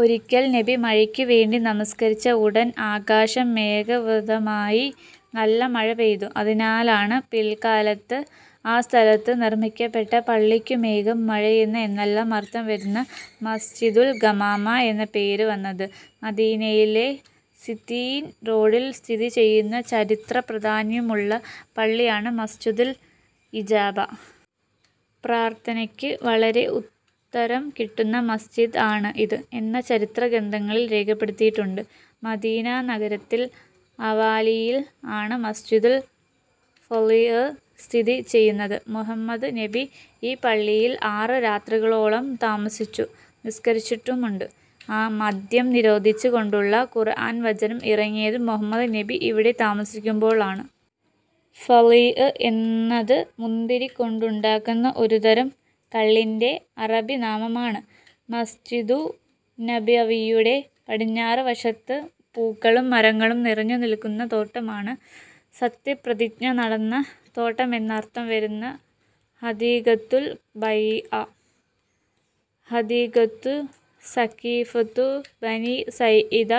ഒരിക്കൽ നബി മഴയ്ക്കു വേണ്ടി നമസ്കരിച്ച ഉടൻ ആകാശം മേഘാവൃതമായി നല്ല മഴ പെയ്തു. അതിനാലാണ് പിൽകാലത്ത് ആ സ്ഥലത്ത് നിർമ്മിക്കപ്പെട്ട പള്ളിക്കു മേഘം, മഴ എന്നെല്ലാം അർഥം വരുന്ന മസ്ജിദുൽ ഗമാമ എന്നു പേര് വന്നത്. മദീനയിലെ സിത്തീൻ റോഡിൽ സ്ഥിതി ചെയ്യുന്ന ചരിത്ര പ്രാധാന്യമുള്ള പള്ളിയാണ് മസ്ജിദുൽ ഇജാബ. പ്രാർഥനക്ക് വളരെ ഉത്തരം കിട്ടുന്ന മസ്ജിദ് ആണ് ഇത് എന്ന് ചരിത്ര ഗ്രന്ഥങ്ങളിൽ രേഖപ്പെടുത്തിയിട്ടുണ്ട്. മദീന നഗരത്തിൽ അവാലിയിൽ ആണ് മസ്ജിദുൽ ഫളീഹ് സ്ഥിതി ചെയ്യുന്നത്. മുഹമ്മദ് നബി ഈ പള്ളിയിൽ ആറ് രാത്രികളോളം താമസിച്ചു നിസ്കരിച്ചിട്ടുണ്ട്. മദ്യം നിരോധിച്ചു കൊണ്ടുള്ള ഖുർആൻ വചനം ഇറങ്ങിയത് മുഹമ്മദ് നബി ഇവിടെ താമസിക്കുമ്പോൾ ആണ്. ഫളീഹ് എന്നത് മുന്തിരി കൊണ്ടുടാക്കുന്ന ഒരു തരം കള്ളിന്റെ അറബി നാമമാണ്. മസ്ജിദുന്നബവിയുടെ പടിഞ്ഞാറു വശത്ത് പൂക്കളും മരങ്ങളും നിറഞ്ഞു നിൽക്കുന്ന തോട്ടമാണ് സത്യപ്രതിജ്ഞ നടന്ന തോട്ടം എന്നർത്ഥം വരുന്ന ഹദീഖതുൽ ബൈഅ. ഹദീഖതു സഖീഫതു ബനീ സാഇദ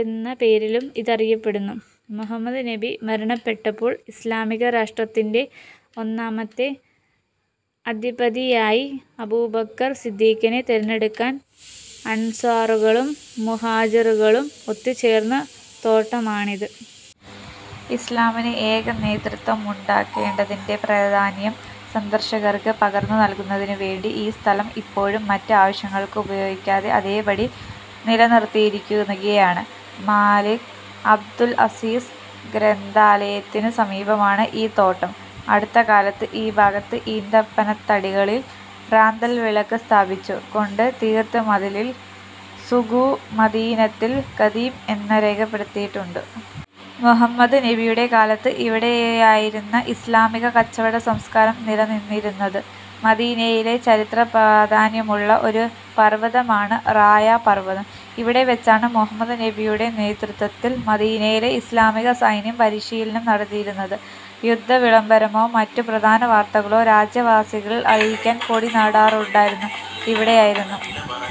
എന്ന പേരിലും ഇതറിയപ്പെടുന്നു. മുഹമ്മദ് നബി മരണപ്പെട്ടപ്പോൾ ഇസ്ലാമിക രാഷ്ട്രത്തിന്റെ ഒന്നാമത്തെ അധിപതിയായി അബൂബക്കർ സിദ്ദീഖിനെ തെരഞ്ഞെടുക്കാൻ അൻസ്വാറുകളും മുഹാജിറുകളും ഒത്തുചേർന്ന തോട്ടമാണിത്. ഇസ്ലാമിനു ഏക നേതൃത്വമുണ്ടാകേണ്ടതിന്റെ പ്രാധാന്യം സന്ദർശകർക്ക് പകർന്നു നൽകുന്നതിന് വേണ്ടി ഈ സ്ഥലം ഇപ്പോഴും മറ്റ് ആവശ്യങ്ങൾക്ക് ഉപയോഗിക്കാതെ അതേപടി നിലനിർത്തിയിരിക്കുകയാണ്. മലിക് അബ്ദുൽ അസീസ് ഗ്രന്ഥാലയത്തിനു സമീപമാണ് ഈ തോട്ടം. അടുത്ത കാലത്ത് ഈ ഭാഗത്ത് ഈത്തപ്പനത്തടികളിൽ റാന്തൽവിളക്ക് സ്ഥാപിച്ചു കൊണ്ട് തീർത്ത മതിലിൽ സൂഖു മദീനതിൽ ഖദീം എന്ന് രേഖപ്പെടുത്തിയിട്ടുണ്ട്. മുഹമ്മദ് നബിയുടെ കാലത്ത് ഇവിടെയായിരുന്നു ഇസ്ലാമിക കച്ചവട സംസ്കാരം നില നിന്നിരുന്നത്. മദീനയിലെ ചരിത്ര പ്രാധാന്യമുള്ള ഒരു പർവതമാണ് റായ പർവതം. ഇവിടെ വച്ചാണ് മുഹമ്മദ് നബിയുടെ നേതൃത്വത്തിൽ മദീനയിലെ ഇസ്ലാമിക സൈന്യം പരിശീലനം നടത്തിയിരുന്നത്. യുദ്ധവിളംബരമോ മറ്റു പ്രധാനവാർത്തകളോ രാജ്യവാസികളെ അറിയിക്കാൻ കൊടി നാട്ടാറുണ്ടായിരുന്നത് ഇവിടെയായിരുന്നു.